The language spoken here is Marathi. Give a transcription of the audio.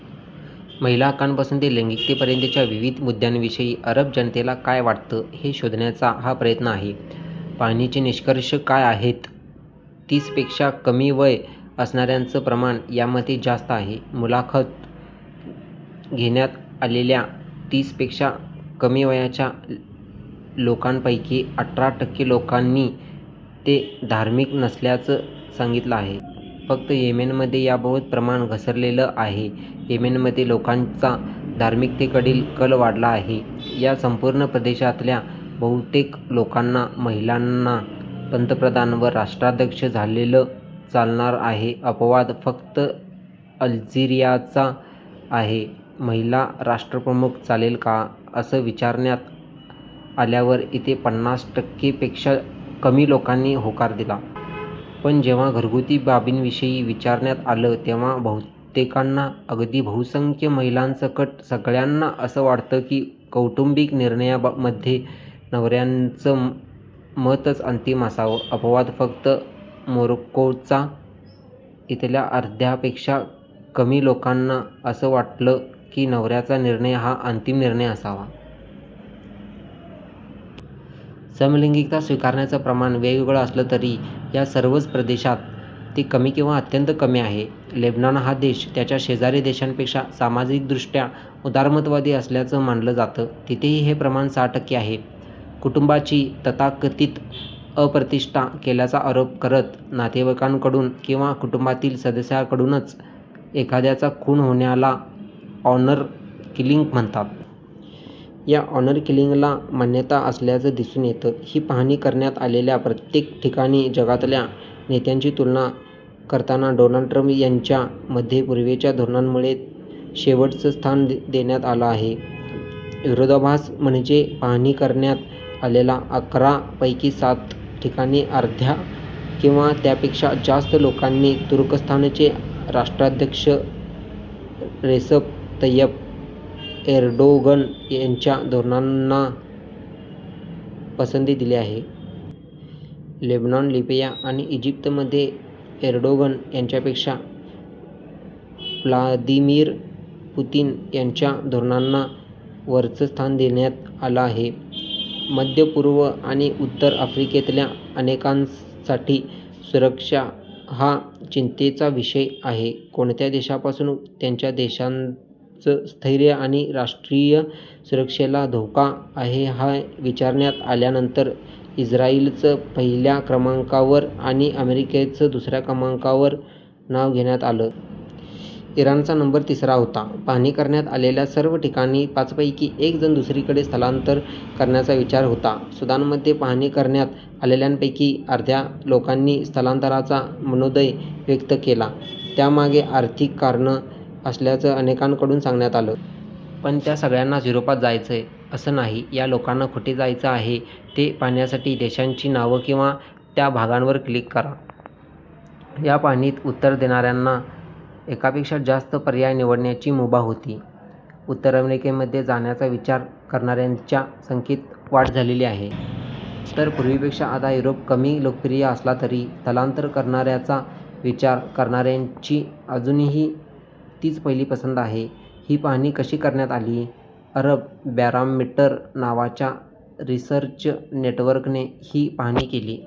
महिला हक्कांपासून ते लैंगिकतेपर्यंतच्या विविध मुद्द्यांविषयी अरब जनतेला काय वाटतं हे शोधण्याचा हा प्रयत्न आहे. पाहणीचे निष्कर्ष काय आहेत? तीसपेक्षा कमी वय असणाऱ्यांचं प्रमाण यामध्ये जास्त आहे. मुलाखत घेण्यात आलेल्या तीस पेक्षा कमी वयाच्या लोकांपैकी अठरा टक्के लोकांनी ते धार्मिक नसल्याचं सांगितलं आहे. फक्त येमेनमध्ये याबाबतचं प्रमाण घसरलेलं आहे. येमेनमध्ये लोकांचा धार्मिकतेकडील कल वाढला आहे. या संपूर्ण प्रदेशातल्या बहुतेक लोकांना महिलांना पंतप्रधान वा राष्ट्राध्यक्ष झालेलं चालणार आहे. अपवाद फक्त अल्जिरियाचा आहे. महिला राष्ट्रप्रमुख चालेल का? असं विचारण्यात आल्यावर इथे पन्नास टक्के पेक्षा कमी लोकांनी होकार दिला. पण जेव्हा घरगुती बाबींविषयी विचारण्यात आलं तेव्हा बहुतेकांना अगदी बहुसंख्य महिलांसकट सगळ्यांना असं वाटतं की कौटुंबिक निर्णयामध्ये नवऱ्याचं मतच अंतिम असावं. अपवाद फक्त मोरक्कोचा. इथल्या अर्ध्यापेक्षा कमी लोकांना असं वाटलं की नवऱ्याचा निर्णय हा अंतिम निर्णय असावा. समलैंगिकता स्वीकारण्याचं प्रमाण वेगवेगळं असलं तरी या सर्वच प्रदेशात ते कमी किंवा अत्यंत कमी आहे. लेबनॉन हा देश त्याच्या शेजारी देशांपेक्षा सामाजिकदृष्ट्या उदारमतवादी असल्याचं मानलं जातं. तिथेही हे प्रमाण सहा टक्के आहे. कुटुंबाची तथाकथित अप्रतिष्ठा केल्याचा आरोप करत नातेवाईकाकडून किंवा कुटुंबातील सदस्याकडूनच एखाद्याचा खून होण्याला ऑनर किलिंग म्हणतात. या ऑनर किलिंगला मान्यता असल्याचं दिसून येतं. ही पाहणी करण्यात आलेल्या प्रत्येक ठिकाणी जगातल्या नेत्यांची तुलना करताना डोनाल्ड ट्रंप यांच्या मध्य-पूर्वेच्या धोरणांमुळे शेवटचं स्थान देण्यात आलं आहे. विरोधाभास म्हणजे पाहणी करण्यात आलेल्या अकरा पैकी सात ठिकाणी अर्ध्या किंवा त्यापेक्षा जास्त लोकांनी तुर्कस्तानचे राष्ट्राध्यक्ष रेसप तय्यप एर्डोगन यांच्या धोरणांना पसंती दिली आहे. लेबनॉन, लिबिया आणि इजिप्तमध्ये एर्डोगन यांच्यापेक्षा व्लादिमिर पुतीन यांच्या धोरणांना वरचं स्थान देण्यात आलं आहे. मध्य-पूर्व आणि उत्तर आफ्रिकेतल्या अनेकांसाठी सुरक्षा हा चिंतेचा विषय आहे. कोणत्या देशापासून त्यांच्या देशाचं स्थैर्य आणि राष्ट्रीय सुरक्षेला धोका आहे हे विचारण्यात आल्यानंतर इस्रायलचं पहिल्या क्रमाकांवर आणि अमेरिकेचं दुसऱ्या क्रमांकावर नाव घेण्यात आलं. इराणचा नंबर तिसरा होता. पाहणी करण्यात आलेल्या सर्व ठिकाणी पाचपैकी एक जण दुसरीकडे स्थलांतर करण्याच्या विचारात होता. सुदानमध्ये पाहणी करण्यात आलेल्यांपैकी अर्ध्या लोकांनी स्थलांतराचा मनोदय व्यक्त केला. त्यामागे आर्थिक कारणं असल्याचं अनेकांकडून सांगण्यात आलं. पण त्या सगळ्यांनाच युरोपात जायचंय, असं नाही या लोकांना कुठे जायचं आहे ते पाहण्यासाठी देशांची नावं किंवा त्या भागांवर क्लिक करा. या पाहणीत उत्तरं देणाऱ्यांना एकापेक्षा जास्त पर्याय निवडण्याची मुभा होती. उत्तर अमेरिकेमध्ये जाण्याचा विचार करणाऱ्यांच्या संख्येत वाढ झालेली आहे. तर पूर्वीपेक्षा आता युरोप कमी लोकप्रिय असला तरी स्थलांतर करण्याचा विचार करणाऱ्यांची अजूनही तीच पहिली पसंती आहे. ही पाहणी कशी करण्यात आली? अरब बॅरोमीटर नावाच्या रिसर्च नेटवर्कने ही पाहणी केली.